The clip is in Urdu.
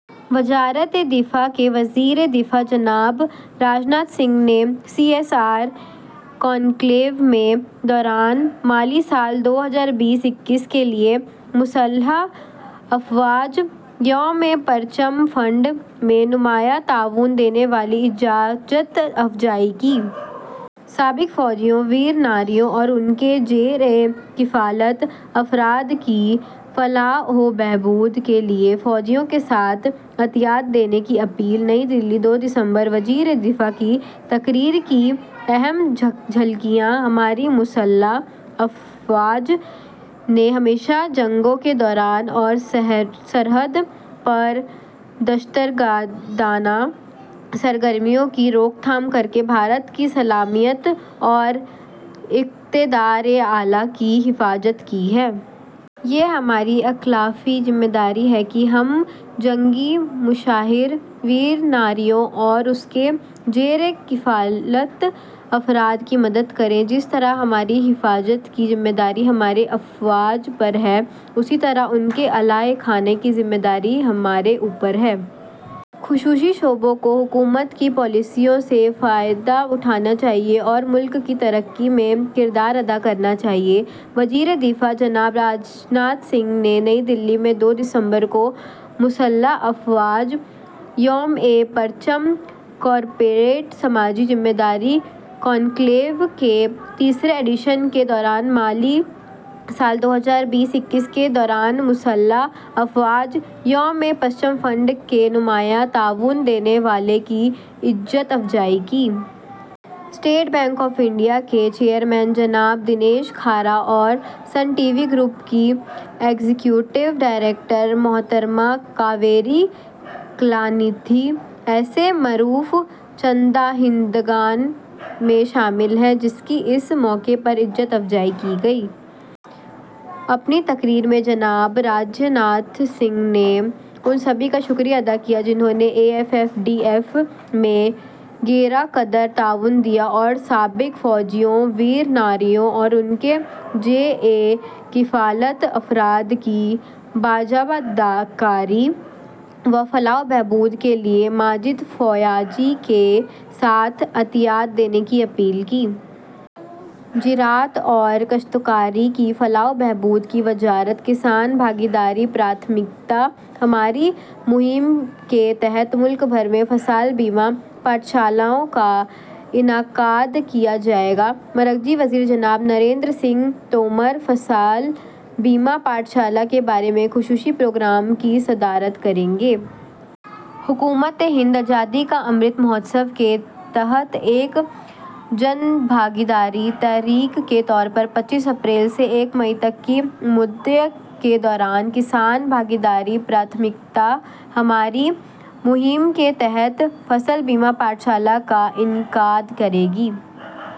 وزارتِ دفاع وزیرِ دفاع جناب راج ناتھ سنگھ نے سی ایس آر کانکلیو کے دوران مالی سال دو ہزار بیس-اکیس کے لیے مسلح افواج یومِ پرچم فنڈ میں نمایاں تعاون دینے والوں کی عزت افزائی کی۔ سابق فوجیوں، ویر ناریوں اور ان کے زیرِ کفالت افراد کی فلاح و بہبود کے لیے فیاضی کے ساتھ عطیات دینے کی اپیل۔ نئی دہلی، دو دسمبر: وزیرِ دفاع کی تقریر کی اہم جھلکیاں: ہماری مسلح افواج نے ہمیشہ جنگوں کے دوران اور سرحد پار دہشت گردانہ سرگرمیوں کی روک تھام کرکے بھارت کی سالمیت اور اقتدارِ اعلیٰ کی حفاظت کی ہے۔ یہ ہماری اخلاقی ذمہ داری ہے کہ ہم جنگی مشاہیر، ویر ناریوں اور ان کے زیرِ کفالت افراد کی مدد کریں۔ جس طرح ہماری حفاظت کی ذمہ داری ہماری افواج پر ہے، اسی طرح ان کے اہلِ خانہ کی ذمہ داری ہمارے اوپر ہے۔ نجی شعبے کو حکومت کی پالیسیوں سے فائدہ اٹھانا چاہیے اور ملک کی ترقی میں کردار ادا کرنا چاہیے۔ وزیرِ دفاع جناب راج ناتھ سنگھ نے نئی دہلی میں دو دسمبر کو مسلح افواج یومِ پرچم کارپوریٹ سماجی ذمہ داری کانکلیو کے تیسرے ایڈیشن کے دوران مالی سال دو ہزار بیس-اکیس کے دوران مسلح افواج یومِ پرچم فنڈ میں نمایاں تعاون دینے والوں کی عزت افزائی کی۔ اسٹیٹ بینک آف انڈیا کے چیئرمین جناب دنیش کھارا اور سن ٹی وی گروپ کی ایگزیکٹیو ڈائریکٹر محترمہ کاویری کلاندھی ایسے معروف چندہ دہندگان میں شامل ہیں جن کی اس موقع پر عزت افزائی کی گئی۔ اپنی تقریر میں جناب راج ناتھ سنگھ نے ان سبھی کا شکریہ ادا کیا جنہوں نے A F F D F میں گراں قدر تعاون دیا اور سابق فوجیوں، ویر ناریوں اور ان کے زیرِ کفالت افراد کی بازآبادکاری و فلاح و بہبود کے لیے مزید فیاضی کے ساتھ عطیات دینے کی اپیل کی۔ زراعت اور کاشتکاروں کی فلاح و بہبود کی وزارت ''کسان بھاگیداری- پراتھمکتا ہماری'' مہم کے تحت ملک بھر میں فصل بیمہ پاٹھ شالاؤں کا انعقاد کیا جائے گا۔ مرکزی وزیر جناب نریندر سنگھ تومر فصل بیمہ پاٹھ شالہ کے بارے میں خصوصی پروگرام کی صدارت کریں گے۔ حکومتِ ہند آزادی کا امرت مہوتسو کے تحت ایک جن بھاگیداری تحریک کے طور پر پچیس اپریل سے یکم مئی تک کی مدت کے دوران ''کسان بھاگیداری- پراتھمکتا ہماری'' مہم کے تحت فصل بیمہ پاٹھ شالہ کا انعقاد کرے گی۔